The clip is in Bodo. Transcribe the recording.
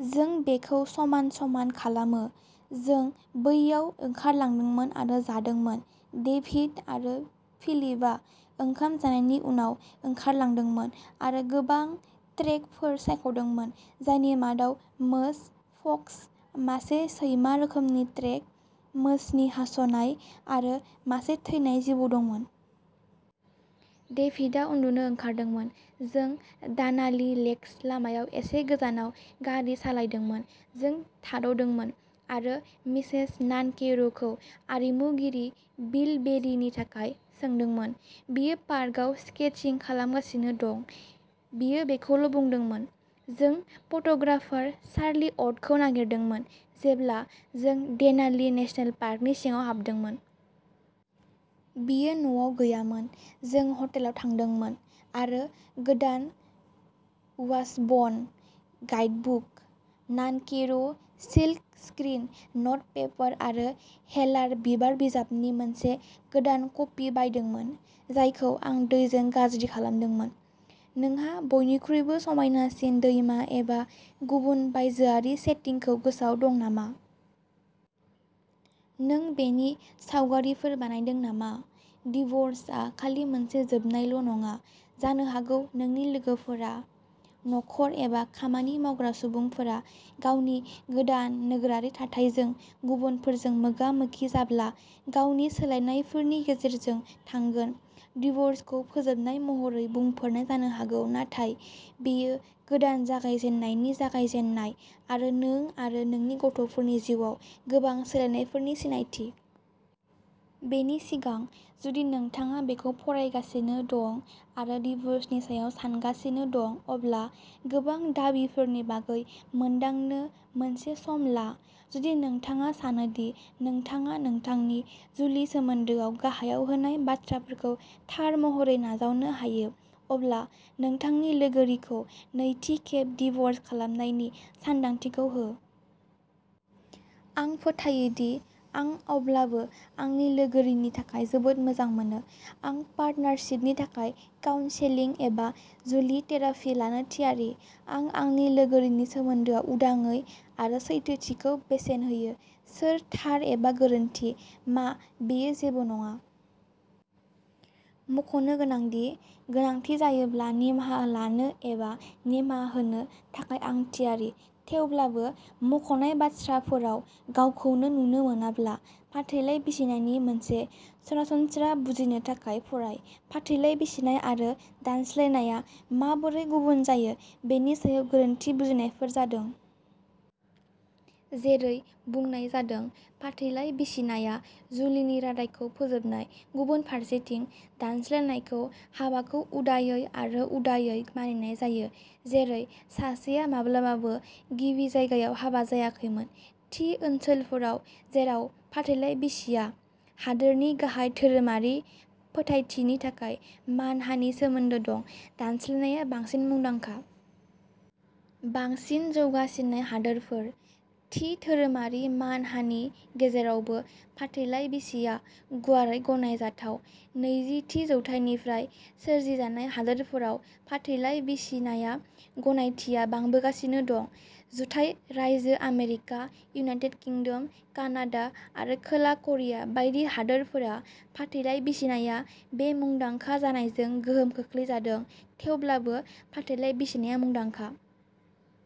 जों बेखौ समान-समान खालामो। जों बैयाव ओंखारलांदोंमोन आरो जादोंमोन। डेभिड आरो फिलिपआ ओंखाम जानायनि उनाव ओंखारलांदोंमोन आरो गोबां ट्रेकफोर सायख'दोंमोन, जायनि मादाव मोस, फक्स, मासे सैमा रोखोमनि ट्रेक, मोसनि हास'नाय आरो मासे थैनाय जिबौ दंमोन। डेभिडआ उन्दुनो ओंखारदोंमोन। जों दानाली लेकस लामायाव एसे गोजानाव गारि सालायदोंमोन। जों थाद'दोंमोन आरो मिसेस नानकेर'खौ आरिमुगिरि बिल बेरिनि थाखाय सोंदोंमोन। बियो पार्कआव स्केचिं खालामगासिनो दं बियो बेखौल' बुंदोंमोन। जों फट'ग्राफार चार्ली अटखौ नागिरदोंमोन जेब्ला जों देनाली नेशनल पार्कनि सिङाव हाबदोंमोन। बियो न'आव गैयामोन। जों ह'टेलाव थांदोंमोन आरो गोदान वाशबर्न गाइडबुक, नानकेर' सिल्कस्क्रीन नटपेपर आरो हेलार बिबार बिजाबनि मोनसे गोदान कपि बायदोंमोन, जायखौ आं दैजों गाज्रि खालामदोंमोन। नोंहा बयनिख्रुइबो समायनासिन दैमा एबा गुबुन बायजोआरि सेटिंखौ गोसोआव दं नामा? नों बेनि सावगारिफोर बानायदों नामा? डिव'र्सआ खालि मोनसे जोबनायल' नङा। जानो हागौ नोंनि लोगोफोरा। न'खर एबा खामानि मावग्रा सुबुंफोरा गावनि गोदान नोगोरारि थाथायजों गुबुनफोरजों मोगा मोगि जाब्ला गावनि सोलायनायफोरनि गेजेरजों थांगोन। डिव'र्सखौ फोजोबनाय महरै बुंफोरनाय जानो हागौ, नाथाय बेयो गोदान जागायजेन्नायनि जागायजेन्नाय आरो नों आरो नोंनि गथ'फोरनि जिउआव गोबां सोलायनायफोरनि सिनायथि। बेनि सिगां, जुदि नोंथाङा बेखौ फरायगासिनो दं आरो डिव'र्सनि सायाव सानगासिनो दं, अब्ला गोबां दाबिफोरनि बागै मोनदांनो मोनसे सम ला। जुदि नोंथाङा सानो दि नोंथाङा नोंथांनि जुलि सोमोन्दोआव गाहायाव होनाय बाथ्राफोरखौ थार महरै नाजावनो हायो, अब्ला नोंथांनि लोगोरिखौ नैथि खेब डिव'र्स खालामनायनि सानदांथिखौ हो। आं फोथायो दि आं अब्लाबो आंनि लोगोरिनि थाखाय जोबोद मोजां मोनो। आं पार्टनारशिपनि थाखाय काउन्सेलिं एबा जुलि थेरापि लानो थियारि। आं आंनि लोगोरिनि सोमोन्दोआव उदाङै आरो सैथोथिखौ बेसेन होयो। सोर थार एबा गोरोन्थि, मा बेयो जेबो नङा। मखनो गोनांदि, गोनांथि जायोब्ला निमाहा लानो एबा निमाहा होनो थाखाय आं थियारि। थेवब्लाबो, मख'नाय बाथ्राफोराव गावखौनो नुनो मोनाब्ला, फाथैलाइ बिसिनायनि मोनसे सरासनस्रा बुजिनो थाखाय फराय। फाथैलाइ बिसिनाय आरो दानस्लायनायआ माबोरै गुबुन जायो बेनि सायाव गोरोन्थि बुजिनायफोर जादों। जेरै बुंनाय जादों, फाथैलाइ बिसिनाया जुलिनि रादायखौ फोजोबनाय। गुबुन फारसेथिं, दानस्लायनायखौ हाबाखौ उदायै आरो उदायै मानिनाय जायो, जेरै सासेया माब्लाबाबो गिबि जायगायाव हाबा जायाखैमोन। थि ओनसोलफोराव जेराव फाथैलाइ बिसिया हादोरनि गाहाय धोरोमारि फोथायथिनि थाखाय मानहानि सोमोन्दो दं, दानस्लायनायआ बांसिन मुंदांखा। बांसिन जौगासिननाय हादोरफोर, थि धोरोमारि मानहानि गेजेरावबो, फाथैलाइ बिसिया गुवारै गनायजाथाव। नैजि थि जौथायनिफ्राय सोरजिजानाय हादोरफोराव फाथैलाइ बिसिनाया गनायथिया बांबोगासिनो दं। जुथाइ रायजो आमेरिका, इउनाइटेड किंडम, कानाडा आरो खोला करिया बायदि हादोरफोरा फाथैलाइ बिसिनाया बे मुंदांखा जानायजों गोहोम खोख्लैजादों। थेवब्लाबो, फाथैलाइ बिसिनाया मुंदांखा।